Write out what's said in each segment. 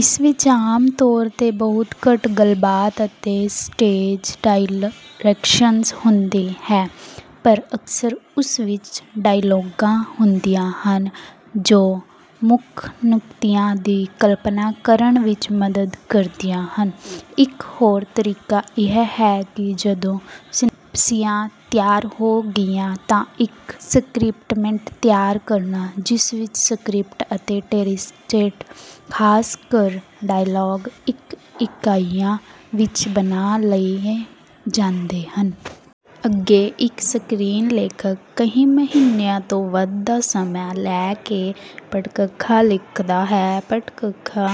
ਇਸ ਵਿੱਚ ਆਮ ਤੌਰ 'ਤੇ ਬਹੁਤ ਘੱਟ ਗੱਲਬਾਤ ਅਤੇ ਸਟੇਜ ਡਾਇਰੈਕਸ਼ਨ ਹੁੰਦੀ ਹੈ, ਪਰ ਅਕਸਰ ਉਸ ਵਿੱਚ ਡਰਾਇੰਗਾਂ ਹੁੰਦੀਆਂ ਹਨ ਜੋ ਮੁੱਖ ਨੁਕਤਿਆਂ ਦੀ ਕਲਪਨਾ ਕਰਨ ਵਿੱਚ ਮਦ ਕਰਦੀਆਂ ਹਨ। ਇੱਕ ਹੋਰ ਤਰੀਕਾ ਇਹ ਹੈ ਕਿ ਜਦੋਂ ਸਿਨਾਪਸਿਸ ਤਿਆਰ ਹੋ ਗਿਆ ਤਾਂ ਇੱਕ ਸਕ੍ਰਿਪਟਮੈਂਟ ਤਿਆਰ ਕਰਨਾ ਜਿਸ ਵਿੱਚ ਸਕ੍ਰਿਪਟ ਅਤੇ ਟਰੀਟਮੈਂਟ ਖ਼ਾਸ ਕਰ ਡਾਇਲਾਗ ਇੱਕ ਇਕਾਈ ਵਿੱਚ ਬੰਨ੍ਹ ਲਏ ਜਾਂਦੇ ਹਨ। ਅੱਗੇ, ਇੱਕ ਸਕ੍ਰੀਨਲੇਖਕ ਕਈ ਮਹੀਨਿਆਂ ਤੋਂ ਵੱਧ ਦਾ ਸਮਾਂ ਲੈ ਕੇ ਪਟਕਖਾ ਲਿਖਦਾ ਹੈ। ਪਟਕਖਾ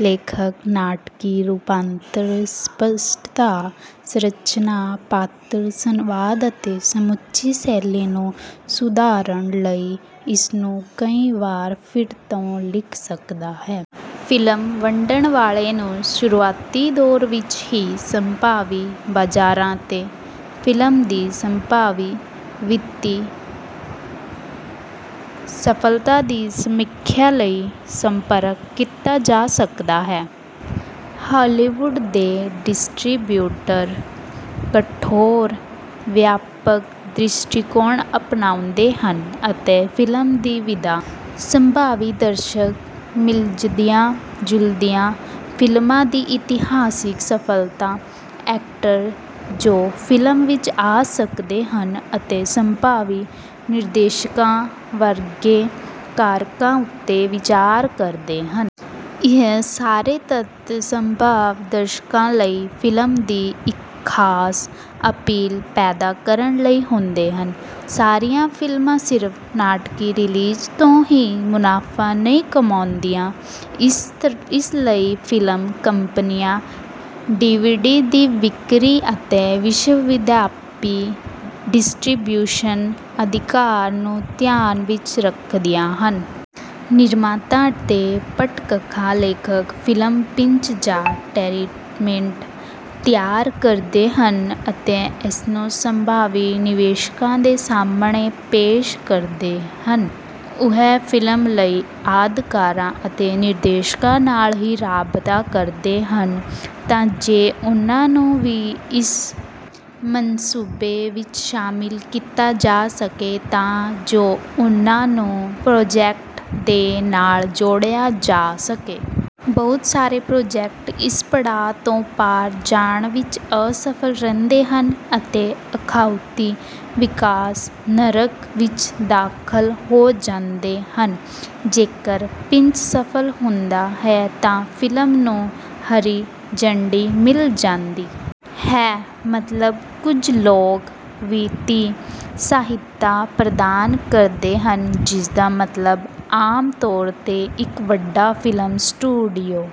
ਲੇਖਕ ਨਾਟਕੀ ਰੂਪਾਂਤਰ, ਸਪਸ਼ਟਤਾ, ਸੰਰਚਨਾ, ਪਾਤਰ, ਸੰਵਾਦ ਅਤੇ ਸਮੁੱਚੀ ਸ਼ੈਲੀ ਨੂੰ ਸੁਧਾਰਨ ਲਈ ਇਸਨੂੰ ਕਈ ਵਾਰ ਫਿਰ ਤੋਂ ਲਿਖ ਸਕਦਾ ਹੈ। ਫ਼ਿਲਮ ਵੰਡਣ ਵਾਲੇ ਨੂੰ ਸ਼ੁਰੂਆਤੀ ਦੌਰ ਵਿੱਚ ਹੀ ਸੰਭਾਵੀ ਬਾਜ਼ਾਰ ਅਤੇ ਫ਼ਿਲਮ ਦੀ ਸੰਭਾਵੀ ਵਿੱਤੀ ਸਫਲਤਾ ਦੀ ਸਮੀਖਿਆ ਲਈ ਸੰਪਰਕ ਕੀਤਾ ਜਾ ਸਕਦਾ ਹੈ। ਹਾਲੀਵੁੱਡ ਦੇ ਡਿਸਟਰੀਬਿਊਟਰ ਕਠੋਰ ਵਪਾਰਕ ਦ੍ਰਿਸ਼ਟੀਕੋਣ ਅਪਣਾਉਂਦੇ ਹਨ ਅਤੇ ਫ਼ਿਲਮ ਦੀ ਵਿਧਾ, ਸੰਭਾਵੀ ਦਰਸ਼ਕ, ਮਿਲਦੀਆਂ-ਜੁਲਦੀਆਂ ਫ਼ਿਲਮਾਂ ਦੀ ਇਤਿਹਾਸਿਕ ਸਫਲਤਾ, ਐਕਟਰ ਜੋ ਫ਼ਿਲਮ ਵਿੱਚ ਆ ਸਕਦੇ ਹਨ ਅਤੇ ਸੰਭਾਵੀ ਨਿਰਦੇਸ਼ਕਾਂ ਵਰਗੇ ਕਾਰਕਾਂ ਉੱਤੇ ਵਿਚਾਰ ਕਰਦੇ ਹਨ। ਇਹ ਸਾਰੇ ਤੱਤ ਸੰਭਵ ਦਰਸ਼ਕਾਂ ਲਈ ਫ਼ਿਲਮ ਦੀ ਇੱਕ ਖਾਸ ਅਪੀਲ ਪੈਦਾ ਕਰਨ ਲਈ ਹੁੰਦੇ ਹਨ। ਸਾਰੀਆਂ ਫ਼ਿਲਮਾਂ ਸਿਰਫ਼ ਨਾਟਕੀ ਰਿਲੀਜ਼ ਤੋਂ ਹੀ ਮੁਨਾਫ਼ਾ ਨਹੀਂ ਕਮਾਉਂਦੀਆਂ, ਇਸ ਲਈ ਫ਼ਿਲਮ ਕੰਪਨੀਆਂ ਡੀਵੀਡੀ ਦੀ ਵਿਕਰੀ ਅਤੇ ਵਿਸ਼ਵਵਿਆਪੀ ਡਿਸਟ੍ਰੀਬਿਊਸ਼ਨ ਅਧਿਕਾਰ ਨੂੰ ਧਿਆਨ ਵਿੱਚ ਰੱਖਦੀਆਂ ਹਨ। ਨਿਰਮਾਤਾ ਅਤੇ ਪਟਕਖਾ ਲੇਖਕ ਫ਼ਿਲਮ ਪਿੰਚ ਜਾਂ ਟੈੰਰੀਟਮੈਂਟ ਤਿਆਰ ਕਰਦੇ ਹਨ ਅਤੇ ਇਸਨੂੰ ਸੰਭਾਵੀ ਨਿਵੇਸ਼ਕਾਂ ਦੇ ਸਾਹਮਣੇ ਪੇਸ਼ ਕਰਦੇ ਹਨ। ਉਹ ਫ਼ਿਲਮ ਲਈ ਅਦਾਕਾਰਾਂ ਅਤੇ ਨਿਰਦੇਸ਼ਕਾਂ ਨਾਲ ਵੀ ਰਾਬਤਾ ਕਰਦੇ ਹਨ ਤਾਂ ਜੋ ਉਨ੍ਹਾਂ ਨੂੰ ਵੀ ਇਸ ਮਨਸੂਬੇ ਵਿੱਚ ਸ਼ਾਮਲ ਕੀਤਾ ਜਾ ਸਕੇ ਤਾਂ ਜੋ ਉਹਨਾਂ ਨੂੰ ਪ੍ਰੋਜੈਕਟ ਦੇ ਨਾਲ ਜੋੜਿਆ ਜਾ ਸਕੇ। ਬਹੁਤ ਸਾਰੇ ਪ੍ਰੋਜੈਕਟ ਇਸ ਪੜਾਅ ਤੋਂ ਪਾਰ ਜਾਣ ਵਿੱਚ ਅਸਫਲ ਰਹਿੰਦੇ ਹਨ ਅਤੇ ਅਖੌਤੀ ਵਿਕਾਸ ਨਰਕ ਵਿੱਚ ਦਾਖ਼ਲ ਹੋ ਜਾਂਦੇ ਹਨ। ਜੇਕਰ ਪਿੰਚ ਸਫਲ ਹੁੰਦਾ ਹੈ ਤਾਂ ਫ਼ਿਲਮ ਨੂੰ ਹਰੀ ਝੰਡੀ ਮਿਲ ਜਾਂਦੀ ਹੈ, ਮਤਲਬ ਕੁਝ ਲੋਕ ਵਿੱਤੀ ਸਹਾਇਤਾ ਪ੍ਰਦਾਨ ਕਰਦੇ ਹਨ ਜਿਸਦਾ ਮਤਲਬ ਆਮ ਤੌਰ 'ਤੇ ਇੱਕ ਵੱਡਾ ਫ਼ਿਲਮ ਸਟੂਡੀਓ